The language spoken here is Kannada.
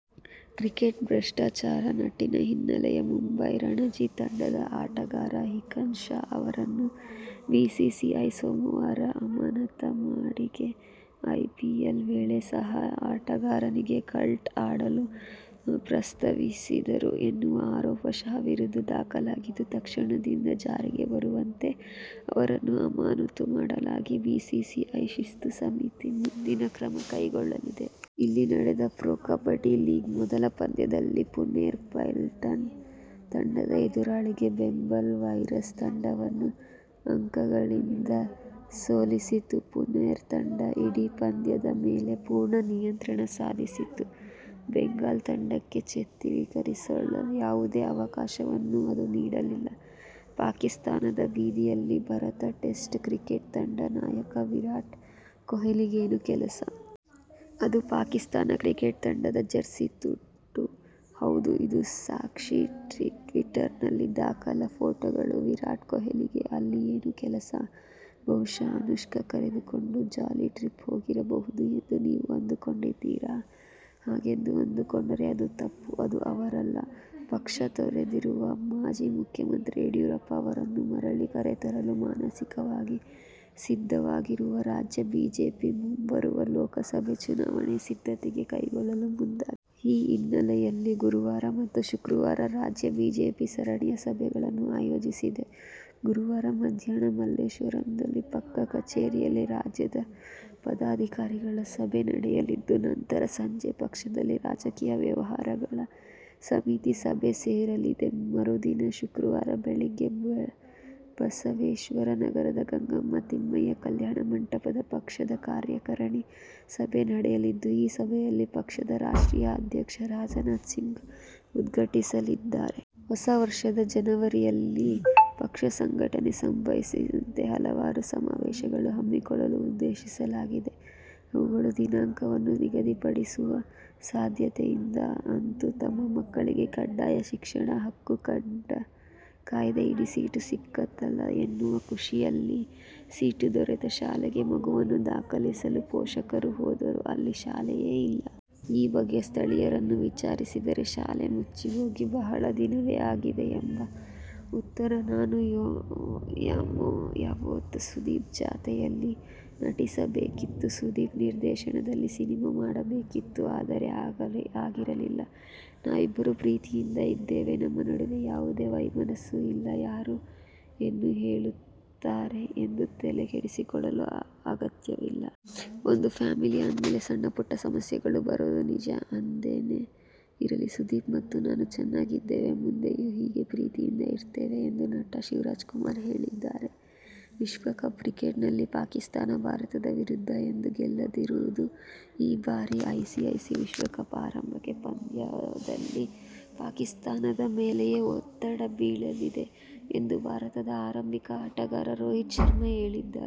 ಕ್ರಿಕೆಟ್ ಭಷ್ಟಾಚಾರ ನಂಟಿನ ಹಿನ್ನೆಲೆಯಲ್ಲಿ ಮುಂಬಯಿ ರಣಜಿ ತಂಡದ ಆಟಗಾರ ಹಿಕೆನ್ ಶಾ ಅವರನ್ನು ಬಿಸಿಸಿಐ ಸೋಮವಾರ ಅಮಾನತು ಮಾಡಿದೆ. ಐಪಿಎಲ್ ವೇಳೆ ಸಹ ಆಟಗಾರನಿಗೆ ಕಳ್ಳಾಟ ಆಡಲು ಪ್ರಸ್ತಾವಿಸಿದ್ದರು ಎನ್ನುವ ಆರೋಪ ಶಾ ವಿರುದ್ಧ ದಾಖಲಾಗಿದೆ. ತತ್ಕ್ಷಣದಿಂದ ಜಾರಿಗೆ ಬರುವಂತೆ ಅವರನ್ನು ಅಮಾನತು ಮಾಡಲಾಗಿದ್ದು ಬಿಸಿಸಿಐ ಶಿಸ್ತು ಸಮಿತಿ ಮುಂದಿನ ಕ್ರಮ ಕೈಗೊಳ್ಳಲಿದೆ. ಇಲ್ಲಿ ನಡೆದ ಪ್ರೊ ಕಬಡ್ಡಿ ಲೀಗ್ನ ಮೊದಲ ಪಂದ್ಯದಲ್ಲಿ ಪುನೇರಿ ಪಲ್ಟಾನ್ ತಂಡ ಎದುರಾಳಿ ಬೆಂಗಾಲ್ ವಾರಿಯರ್ಸ್ ತಂಡವನ್ನು ಅಂಕಗಳಿಂದ ಸೋಲಿಸಿತು. ಪುನೇರಿ ತಂಡ ಇಡೀ ಪಂದ್ಯದ ಮೇಲೆ ಪೂರ್ಣ ನಿಯಂತ್ರಣ ಸಾಧಿಸಿತ್ತು. ಬೆಂಗಾಲ್ ತಂಡಕ್ಕೆ ಚೇತರಿಸಿಕೊಳ್ಳಲು ಯಾವುದೇ ಅವಕಾಶವನ್ನೂ ಅದು ನೀಡಲಿಲ್ಲ. ಪಾಕಿಸ್ತಾನದ ಬೀದಿಯಲ್ಲಿ ಭಾರತ ಟೆಸ್ಟ್ ಕ್ರಿಕೆಟ್ ತಂಡದ ನಾಯಕ ವಿರಾಟ್ ಕೊಹ್ಲಿಗೇನು ಕೆಲಸ? ಅದೂ ಪಾಕಿಸ್ತಾನ ಕ್ರಿಕೆಟ್ ತಂಡದ ಜೆರ್ಸಿ ತೊಟ್ಟು? ಹೌದು, ಇದಕ್ಕೆ ಸಾಕ್ಷಿ ಟ್ವೀಟರ್ನಲ್ಲಿ ದಾಖಲಾದ ಫೋಟೋಗಳು! ವಿರಾಟ್ ಕೊಹ್ಲಿಗೆ ಅಲ್ಲಿ ಏನು ಕೆಲಸ, ಬಹುಶಃ ಅನುಷ್ಕಾ ಕರೆದುಕೊಂಡು ಜಾಲಿ ಟ್ರಿಪ್ ಹೋಗಿರಬಹುದು ಎಂದು ನೀವು ಅಂದುಕೊಂಡಿದ್ದೀರಾ? ಹಾಗೆಂದು ಅಂದುಕೊಂಡರೆ ಅದು ತಪ್ಪು. ಅದು ಅವರಲ್ಲ. ಪಕ್ಷ ತೊರೆದಿರುವ ಮಾಜಿ ಮುಖ್ಯಮಂತ್ರಿ ಯಡಿಯೂರಪ್ಪ ಅವರನ್ನು ಮರಳಿ ಕರೆತರಲು ಮಾನಸಿಕವಾಗಿ ಸಿದ್ಧವಾಗಿರುವ ರಾಜ್ಯ ಬಿಜೆಪಿ ಮುಂಬರುವ ಲೋಕಸಭಾ ಚುನಾವಣೆಗೆ ಸಿದ್ಧತೆ ಕೈಗೊಳ್ಳಲು ಮುಂದಾಗಿದೆ. ಈ ಹಿನ್ನೆಲೆಯಲ್ಲಿ ಗುರುವಾರ ಮತ್ತು ಶುಕ್ರವಾರ ರಾಜ್ಯ ಬಿಜೆಪಿ ಸರಣಿ ಸಭೆಗಳನ್ನು ಆಯೋಜಿಸಿದೆ. ಗುರುವಾರ ಮಧ್ಯಾಹ್ನ ಮಲ್ಲೇಶ್ವರದಲ್ಲಿನ ಪಕ್ಷದ ಕಚೇರಿಯಲ್ಲಿ ರಾಜ್ಯ ಪದಾಧಿಕಾರಿಗಳ ಸಭೆ ನಡೆಯಲಿದ್ದು, ನಂತರ ಸಂಜೆ ಪಕ್ಷದ ರಾಜಕೀಯ ವ್ಯವಹಾರಗಳ ಸಮಿತಿ ಸಭೆ ಸೇರಲಿದೆ. ಮರುದಿನ ಶುಕ್ರವಾರ ಬೆಳಗ್ಗೆ ಬಸವೇಶ್ವರನಗರದ ಗಂಗಮ್ಮ ತಿಮ್ಮಯ್ಯ ಕಲ್ಯಾಣ ಮಂಟಪದಲ್ಲಿ ಪಕ್ಷದ ಕಾರ್ಯಕಾರಿಣಿ ಸಭೆ ನಡೆಯಲಿದ್ದು, ಈ ಸಭೆಯನ್ನು ಪಕ್ಷದ ರಾಷ್ಟ್ರೀಯ ಅಧ್ಯಕ್ಷ ರಾಜನಾಥ್ ಸಿಂಗ್ ಉದ್ಘಾಟಿಸಲಿದ್ದಾರೆ. ಹೊಸ ವರ್ಷದ ಜನವರಿಯಲ್ಲಿ ಪಕ್ಷ ಸಂಘಟನೆಗೆ ಸಂಬಂಧಿಸಿದಂತೆ ಹಲವಾರು ಸಮಾವೇಶಗಳನ್ನು ಹಮ್ಮಿಕೊಳ್ಳಲು ಉದ್ದೇಶಿಸಲಾಗಿದ್ದು, ಅವುಗಳ ದಿನಾಂಕವನ್ನೂ ನಿಗದಿಪಡಿಸುವ ಸಾಧ್ಯತೆಯಿದೆ. ಅಂತೂ ತಮ್ಮ ಮಕ್ಕಳಿಗೆ ಕಡ್ಡಾಯ ಶಿಕ್ಷಣ ಹಕ್ಕು ಕಾಯ್ದೆಯಡಿ ಸೀಟು ಸಿಕ್ಕಿತಲ್ಲಾ ಎನ್ನುವ ಖುಷಿಯಲ್ಲಿ ಸೀಟು ದೊರೆತ ಶಾಲೆಗೆ ಮಗುವನ್ನು ದಾಖಲಿಸಲು ಪೋಷಕರು ಹೋದರೆ ಅಲ್ಲಿ ಶಾಲೆಯೇ ಇಲ್ಲ! ಈ ಬಗ್ಗೆ ಸ್ಥಳೀಯರನ್ನು ವಿಚಾರಿಸಿದರೆ, ಶಾಲೆ ಮುಚ್ಚಿಹೋಗಿ ಬಹಳ ದಿನವೇ ಆಗಿದೆ ಎಂಬ ಉತ್ತರ! ನಾನು ಯಾವತ್ತೋ ಸುದೀಪ್ ಜತೆಯಲ್ಲಿ ನಟಿಸಬೇಕಿತ್ತು. ಸುದೀಪ್ ನಿರ್ದೇಶನದಲ್ಲೇ ಸಿನಿಮಾ ಮಾಡಬೇಕಿತ್ತು. ಆದರೆ, ಆಗಿರಲಿಲ್ಲ. ನಾವಿಬ್ಬರೂ ಪ್ರೀತಿಯಿಂದ ಇದ್ದೇವೆ. ನಮ್ಮ ನಡುವೆ ಯಾವುದೇ ವೈಮನಸ್ಸು ಇಲ್ಲ. ಯಾರೋ ಏನೋ ಹೇಳುತ್ತಾರೆ ಎಂದು ತಲೆಕೆಡಿಸಿಕೊಳ್ಳುವ ಅಗತ್ಯವಿಲ್ಲ. ಒಂದು ಫ್ಯಾಮಿಲಿ ಅಂದಮೇಲೆ, ಸಣ್ಣಪುಟ್ಟ ಸಮಸ್ಯೆಗಳು ಬರೋದು ನಿಜ. ಅದೇನೆ ಇರಲಿ, ಸುದೀಪ್ ಮತ್ತು ನಾನು ಚೆನ್ನಾಗಿದ್ದೇವೆ. ಮುಂದೆಯೂ ಹೀಗೇ ಪ್ರೀತಿಯಿಂದ ಇರುತ್ತೇವೆ ಎಂದು ನಟ ಶಿವರಾಜಕುಮಾರ್ ಹೇಳಿದ್ದಾರೆ. ವಿಶ್ವಕಪ್ ಕ್ರಿಕೆಟ್ನಲ್ಲಿ ಪಾಕಿಸ್ಥಾನ ಭಾರತದ ವಿರುದ್ಧ ಎಂದೂ ಗೆಲ್ಲದಿರುವುದರಿಂದ ಈ ಬಾರಿಯ ಐಸಿಸಿ ವಿಶ್ವಕಪ್ನ ಆರಂಭಿಕ ಪಂದ್ಯದಲ್ಲಿ ಪಾಕಿಸ್ಥಾನದ ಮೇಲೆಯೇ ಒತ್ತಡ ಬೀಳಲಿದೆ ಎಂದು ಭಾರತದ ಆರಂಭಿಕ ಆಟಗಾರ ರೋಹಿತ್ ಶರ್ಮಾ ಹೇಳಿದ್ದಾರೆ.